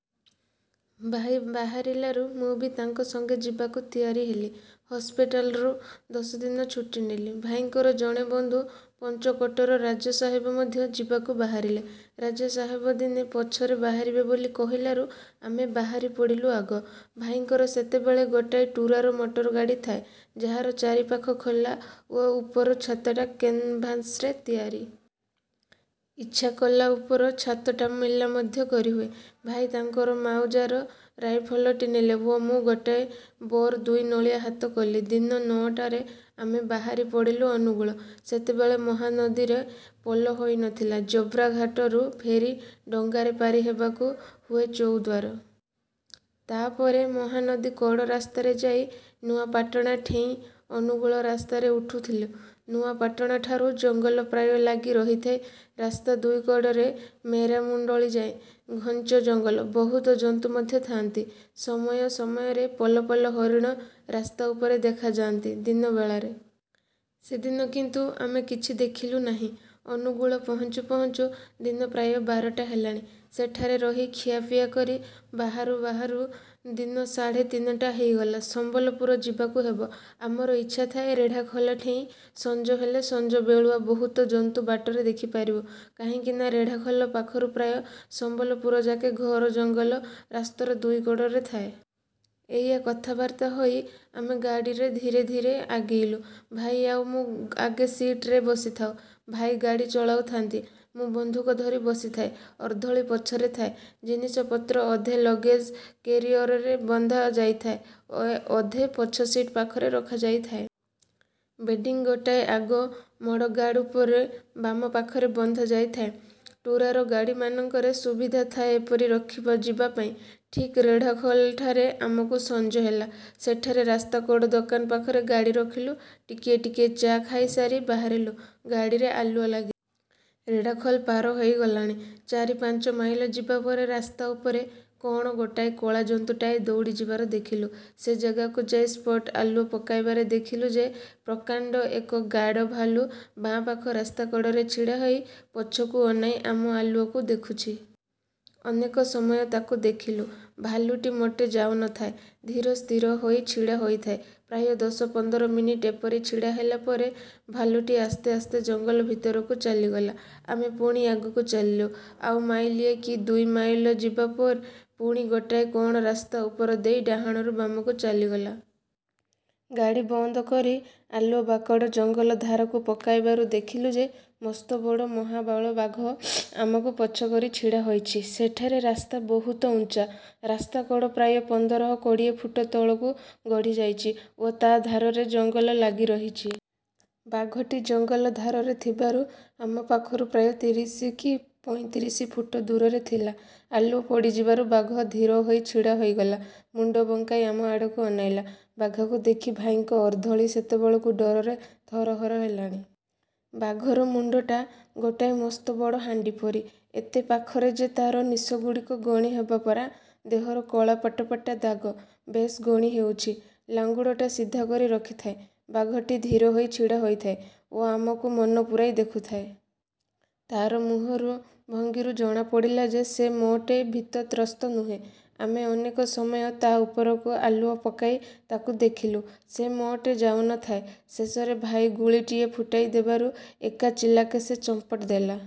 ଭାଇ ବାହାରିଲାରୁ ମୁଁ ବି ତାଙ୍କ ସଙ୍ଗେ ଯିବାକୁ ତିଆର ହେଲି। ହସ୍ପିଟାଲ୍ରୁ ଦଶଦିନ ଛୁଟି ନେଲି। ଭାଇଙ୍କର ଜଣେ ବନ୍ଧୁ ପଞ୍ଚକୋଟର ରାଜାସାହେବ ମଧ୍ୟ ଯିବାକୁ ବାହାରିଲେ। ରାଜାସାହେବ ଦିନେ ପଛରେ ବାହାରିବେ ବୋଲି କହିଲାରୁ ଆମେ ବାହାରିପଡ଼ିଲୁ ଆଗ। ଭାଇଙ୍କର ସେତେବେଳେ ଗୋଟାଏ ଟୁରାର ମଟରଗାଡ଼ି ଥାଏ, ଯାହାର ଚାରିପାଖ ଖୋଲା ଓ ଉପର ଛାତଟା କେନ୍ଭାସ୍ରେ ତିଆରି। ଇଚ୍ଛା କଲେ ଉପର ଛାତଟା ମେଲା ମଧ୍ୟ କରିହୁଏ। ଭାଇ ତାଙ୍କର ମାଉଜାର ରାଇଫଲଟି ନେଲେ ଓ ମୁଁ ଗୋଟାଏ ବୋର୍ ଦୁଇ ନଳିଆ ହାତ କଲି। ଦିନ ନଅଟାରେ ଆମେ ବାହାରିପଡ଼ିଲୁ ଅନୁଗୁଳ। ସେତେବେଳେ ମହାନଦୀରେ ପୋଲ ହୋଇ ନ ଥିଲା। ଜୋବ୍ରା ଘାଟରୁ ଫେରି-ଡଙ୍ଗାରେ ପାରି ହେବାକୁ ହୁଏ ଚଉଦ୍ୱାର। ତା'ପରେ ମହାନଦୀ କଡ଼ ରାସ୍ତାରେ ଯାଇ ନୂଆପାଟଣା ଠେଇଁ ଅନୁଗୁଳ ରାସ୍ତାରେ ଉଠୁଥିଲୁ। ନୂଆପାଟଣାଠାରୁ ଜଙ୍ଗଲ ପ୍ରାୟ ଲାଗି ରହିଥାଏ ରାସ୍ତା ଦୁଇକଡ଼ରେ-ମେରାମୁଣ୍ଡଳି ଯାଏ। ଘଞ୍ଚ ଜଙ୍ଗଲ। ବହୁତ ଜନ୍ତୁ ମଧ୍ୟ ଥାଆନ୍ତି। ସମୟ ସମୟରେ ପଲ ପଲ ହରିଣ ରାସ୍ତା ଉପରେ ଦେଖାଯାଆନ୍ତି ଦିନ ବେଳାରେ। ସେଦିନ କିନ୍ତୁ ଆମେ କିଛି ଦେଖିଲୁ ନାହିଁ। ଅନୁଗୁଳ ପହଞ୍ଚୁ ପହଞ୍ଚୁ ଦିନ ପ୍ରାୟ ବାରଟା ହେଲାଣି। ସେଠାରେ ରହି ଖିଆପିଆ କରି ବାହାରୁ ବାହାରୁ ଦିନ ସାଢ଼େ ତିନିଟା ହେଇଗଲା। ସମ୍ୱଲପୁର ଯିବାକୁ ହେବ। ଆମର ଇଚ୍ଛା ଥାଏ ରେଢାଖୋଲଠେଇଁ ସଞ୍ଜ ହେଲେ, ସଞ୍ଜବେଳୁଆ ବହୁତ ଜନ୍ତୁ ବାଟରେ ଦେଖିପାରିବୁ–କାହିଁକିନା ରେଢ଼ାଖୋଲ ପାଖରୁ ପ୍ରାୟ ସମ୍ୱଲପୁରଯାକେ ଘୋର ଜଙ୍ଗଲ ରାସ୍ତାର ଦୁଇକଡ଼ରେ ଥାଏ। ଏଇଆ କଥାବାର୍ତ୍ତା ହୋଇ ଆମେ ଗାଡ଼ିରେ ଧୀରେ ଧୀରେ ଆଗେଇଲୁ।। ଭାଇ ଆଉ ମୁଁ ଆଗ ସିଟ୍ରେ ବସିଥାଉଁ। ଭାଇ ଗାଡ଼ି ଚଳାଉଥାନ୍ତି। ମୁଁ ବନ୍ଧୁକ ଧରି ବସିଥାଏ। ଅର୍ଦ୍ଦଳି ପଛରେ ଥାଏ। ଜିନିଷପତ୍ର ଅଧେ ଲଗେଜ କେରିଅରରେ ବନ୍ଧାଯାଇଥାଏ ଓ ଅଧେ ପଛସିଟ୍ ପାଖରେ ରଖାଯାଇଥାଏ। ବେଡ଼ିଙ୍ଗ୍ ଗୋଟାଏ ଆଗ ମଡ଼ଗାର୍ଡ଼ ଉପରେ ବାମ ପାଖରେ ବନ୍ଧାଯାଇଥାଏ। ଟୁରାର ଗାଡ଼ିମାନଙ୍କରେ ସୁବିଧା ଥାଏ ଏପରି ରଖାଯିବାପାଇଁ। ଠିକ୍ ରେଢ଼ାଖୋଲଠାରେ ଆମକୁ ସଞ୍ଜ ହେଲା। ସେଠାରେ ରାସ୍ତା କଡ଼ ଦୋକାନ ପାଖରେ ଗାଡ଼ି ରଖିଲୁ। ଟିକିଏ ଟିକିଏ ଚା' ଖାଇସାରି ବାହାରିଲୁ। ଗାଡ଼ିରେ ଆଲୁଅ ଲାଗିଲା। ରେଢ଼ାଖୋଲ ପାର ହୋଇଗଲାଣି। ଚାରି ପାଞ୍ଚ ମାଇଲ ଯିବାପରେ ରାସ୍ତା ଉପରେ କ'ଣ ଗୋଟାଏ କଳା ଜନ୍ତୁଟାଏ ଦଉଡ଼ିଯିବାର ଦେଖିଲୁ। ସେ ଜାଗାକୁ ଯାଇ ସ୍ପଟ୍ ଆଲୁଅ ପକାଇବାରେ ଦେଖିଲୁ ଯେ ପ୍ରକାଣ୍ଡ ଏକ ଗାଡ଼ ଭାଲୁ ବାଁପାଖ ରାସ୍ତା କଡ଼ରେ ଛିଡ଼ାହୋଇ ପଛକୁ ଅନାଇ ଆମ ଆଲୁଅକୁ ଦେଖୁଛି। ଅନେକ ସମୟ ତାକୁ ଦେଖିଲୁ। ଭାଲୁଟି ମୋଟେ ଯାଉ ନ ଥାଏ। ଧୀର ସ୍ଥିର ହୋଇ ଛିଡ଼ା ହୋଇଥାଏ। ପ୍ରାୟ ଦଶ ପନ୍ଦର ମିନିଟ ଏପରି ଛିଡ଼ା ହେଲା ପରେ ଭାଲୁଟି ଆସ୍ତେ ଆସ୍ତେ ଜଙ୍ଗଲ ଭିତରକୁ ଚାଲିଗଲା। ଆମେ ପୁଣି ଆଗକୁ ଚାଲିଲୁ। ଆଉ ମାଇଲିଏ କି ଦୁଇ ମାଇଲ ଯିବା ପରେ ପୁଣି ଗୋଟାଏ କ'ଣ ରାସ୍ତା ଉପର ଦେଇ ଡାହାଣରୁ ବାମକୁ ଚାଲିଗଲା। ଗାଡ଼ି ବନ୍ଦ କରି ଆଲୁଅ ବାକଡ଼ ଜଙ୍ଗଲ ଧାରକୁ ପକାଇବାରୁ ଦେଖିଲୁ ଯେ ମସ୍ତବଡ଼ ମହାବଳ ବାଘ ଆମକୁ ପଛକରି ଛିଡ଼ା ହୋଇଛି। ସେଠାରେ ରାସ୍ତା ବହୁତ ଉଞ୍ଚା। ରାସ୍ତା କଡ଼ ପ୍ରାୟ ପନ୍ଦର କୋଡ଼ିଏ ଫୁଟ ତଳକୁ ଗଡ଼ିଯାଇଛି ଓ ତା' ଧାରରେ ଜଙ୍ଗଲ ଲାଗି ରହିଛି। ବାଘଟି ଜଙ୍ଗଲ ଧାରରେ ଥିବାରୁ ଆମ ପାଖରୁ ପ୍ରାୟ ତିରିଶ କି ପଇଁତିରିଶ ଫୁଟ ଦୂରରେ ଥିଲା। ଆଲୁଅ ପଡ଼ିଯିବାରୁ ବାଘ ଧୀର ହୋଇ ଛିଡ଼ା ହୋଇଗଲା। ମୁଣ୍ଡ ବଙ୍କାଇ ଆମ ଆଡ଼କୁ ଅନାଇଲା। ବାଘକୁ ଦେଖି ଭାଇଙ୍କ ଅର୍ଦ୍ଦଳି ସେତେବେଳକୁ ଡରରେ ଥରହର ହେଲାଣି। ବାଘର ମୁଣ୍ଡଟା ଗୋଟାଏ ମସ୍ତବଡ଼ ହାଣ୍ଡିପରି। ଏତେ ପାଖରେ ଯେ, ତା'ର ନିଶଗୁଡ଼ିକ ଗଣି ହେବ ପରା। ଦେହର କଳା ପଟା ପଟା ଦାଗ ବେଶ୍ ଗଣି ହେଉଛି। ଲାଙ୍ଗୁଡ଼ଟା ସିଧା କରି ରଖିଥାଏ। ବାଘଟି ଧୀର ହୋଇ ଛିଡ଼ାହୋଇଥାଏ ଓ ଆମକୁ ମନପୁରାଇ ଦେଖୁଥାଏ,। ତା'ର ମୁହଁର ଭଙ୍ଗୀରୁ ଜଣାପଡ଼ିଲା ଯେ ସେ ମୋଟେ ଭୀତତ୍ରସ୍ତ ନୁହେଁ। ଆମେ ଅନେକ ସମୟ ତା' ଉପରକୁ ଆଲୁଅ ପକାଇ ତାକୁ ଦେଖିଲୁ। ସେ ମୋଟେ ଯାଉ ନଥାଏ। ଶେଷରେ ଭାଇ ଗୁଳିଟିଏ ଫୁଟାଇ ଦେବାରୁ ଏକା ଚିଲାକେ ସେ ଚମ୍ପଟ ଦେଲା।